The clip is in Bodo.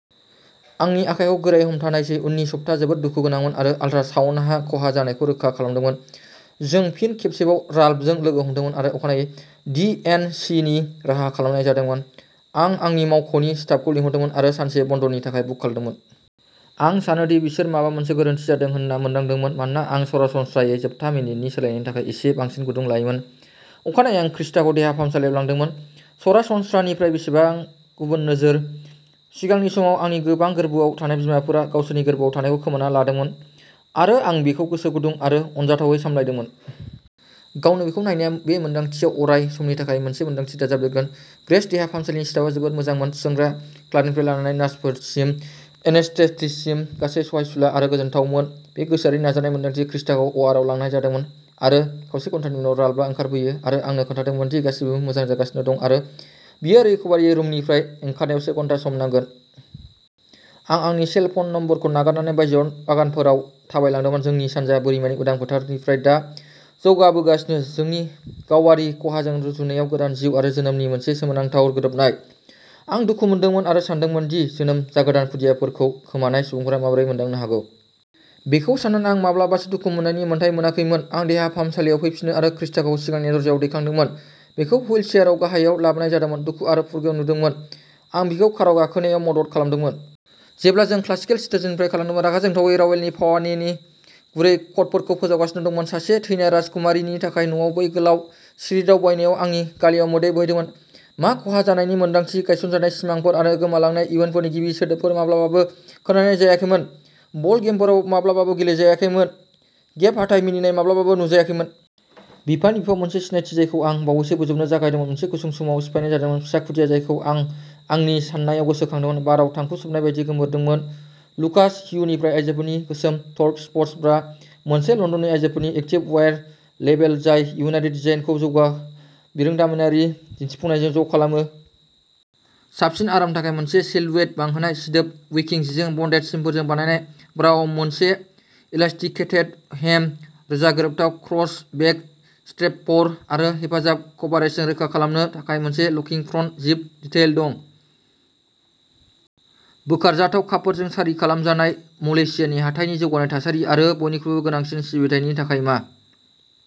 आंनि आखायखौ गोरायै हमथानायसै। उननि सप्ता जोबोद दुखु गोनांमोन आरो आल्ट्रासाउन्डआ खहा जानायखौ रोखा खालामदोंमोन। जों फिन खेबसेबाव राल्फजों लोगो हमदोंमोन आरो अखानायै डि एन्ड सि नि राहा खालामनाय जादोंमोन। आं आंनि मावख'नि स्टाफखौ लिंहरदोंमोन आरो सानसे बन्द'नि थाखाय बुक खालामदोंमोन। आं सानो दि बिसोर माबा मोनसे गोरोन्थि जादों होनना मोनदांदोंमोन मानोना आं सरासनस्रायै जोबथा मिनिटनि सोलायनायनि थाखाय एसे बांसिन गुदुं लायोमोन। अखानायै आं क्रिस्टाखौ देहा फाहामसालियाव लांदोंमोन। सरासनस्रानिफ्राय बेसेबां गुबुन नोजोर। सिगांनि समाव आंनि गोबां गोर्बोआव थानाय बिमाफोरा गावसोरनि गोर्बोआव थानायखौ खोमाना लादोंमोन आरो आं बेखौ गोसो गुदुं आरो अनजाथावै सामलायदोंमोन। गावनो बेखौ नायनाया बे मोनदांथियाव अराय समनि थाखाय मोनसे मोनदांथि दाजाबदेरगोन। ग्रेस देहा फाहामसालिनि स्टाफआ जोबोद मोजांमोन। थिसनग्रा क्लार्कनिफ्राय लानानै नार्सफोरसिम, एनेस्थेटिस्टसिम गासैबो सहायसुला आरो गोजोनथावमोन। बे गोसोआरि नाजानाय मोन्दांथि। क्रिस्टाखौ अआरआव लांनाय जादोंमोन आरो खावसे घन्टानि उनाव राल्फआ ओंखारबोयो आरो आंनो खोन्थादोंमोन दि गासिबो मोजां जागासिनो दं आरो बियो रिक'भारि रुमनिफ्राय ओंखारनायाव से घन्टा सम नांगोन। आं आंनि सेल फन नम्बरखौ नागारनानै बायजोआव बागानफोराव थाबायलांदोंमोन, जोंनि सानजा बोरिमानि उदां बोथोरनिफ्राय दा जौगाबोगासिनो, जोंनि गावारि खहाजों रुजुनायाव गोदान जिउ आरो जोनोमनि मोनसे सोमोनांथाव गोरोबनाय। आं दुखु मोनदोंमोन आरो सानदोंमोन दि जोनोम जागोदान खुदियाफोरखौ खोमानाय सुबुंफोरा माबोरै मोनदांनो हागौ। बेखौ सान्नानै आं माब्लाबासो दुखु मोन्नायनि मोन्थाइ मोनाखैमोन। आं देहा फाहामसालियाव फैफिनो आरो क्रिस्टाखौ सिगांनि दरजायाव दैखांदोंमोन। बिखौ हुइल चेयारआव गाहायाव लाबोनाय जादोंमोन, दुखु आरो फुरगेव नुदोंमोन। आं बिखौ काराव गाखोनायाव मदद खालामदोंमोन। जेब्ला जों क्लासिकेल स्टेशननिफ्राय खारलांदोंमोन, रागा जोंथावै रावेलनि पावाने नि गुरै कर्डफोरखौ फोसावगासिनो दंमोन। सासे थैनाय राजकुमारीनि थाखाय। न'आव बै गोलाव सिरि दावबायनायाव आंनि गालेआव मोदै बोहैदोंमोन। मा खहा जानायनि मोनदांथि, गायसनजानाय सिमांफोर आरो गोमालांनाय इयुनफोरनि गिबि सोदोबफोर माब्लाबाबो खोनानाय जायाखैमोन, बल गेमफोरा माब्लाबाबो गेलेजायाखैमोन, गेप हाथाइ मिनिनाय माब्लाबाबो नुजायाखैमोन। बिफानि बिफाव, मोनसे सिनायथि जायखौ आं बावैसो बोजबनो जागायदोंमोन, मोनसे गुसुं समाव सिफायनाय जादोंमोन। फिसा खुदिया, जायखौ आं आंनि साननायाव गोसो खांदोंमोन, बाराव थांखु सोबनाय बायदि गोमोरदोंमोन। लुकास ह्यूनिफ्राय आयजोफोरनि गोसोम'टर्क'स्पर्टस ब्रा मोनसे लन्दननि आयजोफोरनि एक्टिभ वेयार लेबेल जाय इयुनारि डिजाइनखौ जौगा बिरोंदामिनारि दिन्थिफुंनायजों ज' खालामो। साबसिन आरामनि थाखाय मोनसे सिलुएट बांहोनाय, सिदोब विकिं जिजों बन्डेड सिमफोरजों बानायनाय, ब्राआव मोनसे इलास्टिकेटेड हेम, रोजा गोरोबथाव क्रस बेक स्ट्रेपफोर आरो हेफाजाब आरो कभारेजखौ रोखा खालामनो थाखाय मोनसे लकिं फ्रन्ट जिप डिटेइल दं। बोखारजाथाव कापफोरजों सारि खालामजानाय। मलेशियानि हाथाइनि जौगानाय थासारि आरो बयनिख्रुइबो गोनांसिन सिबिथायनि थाखाय मा?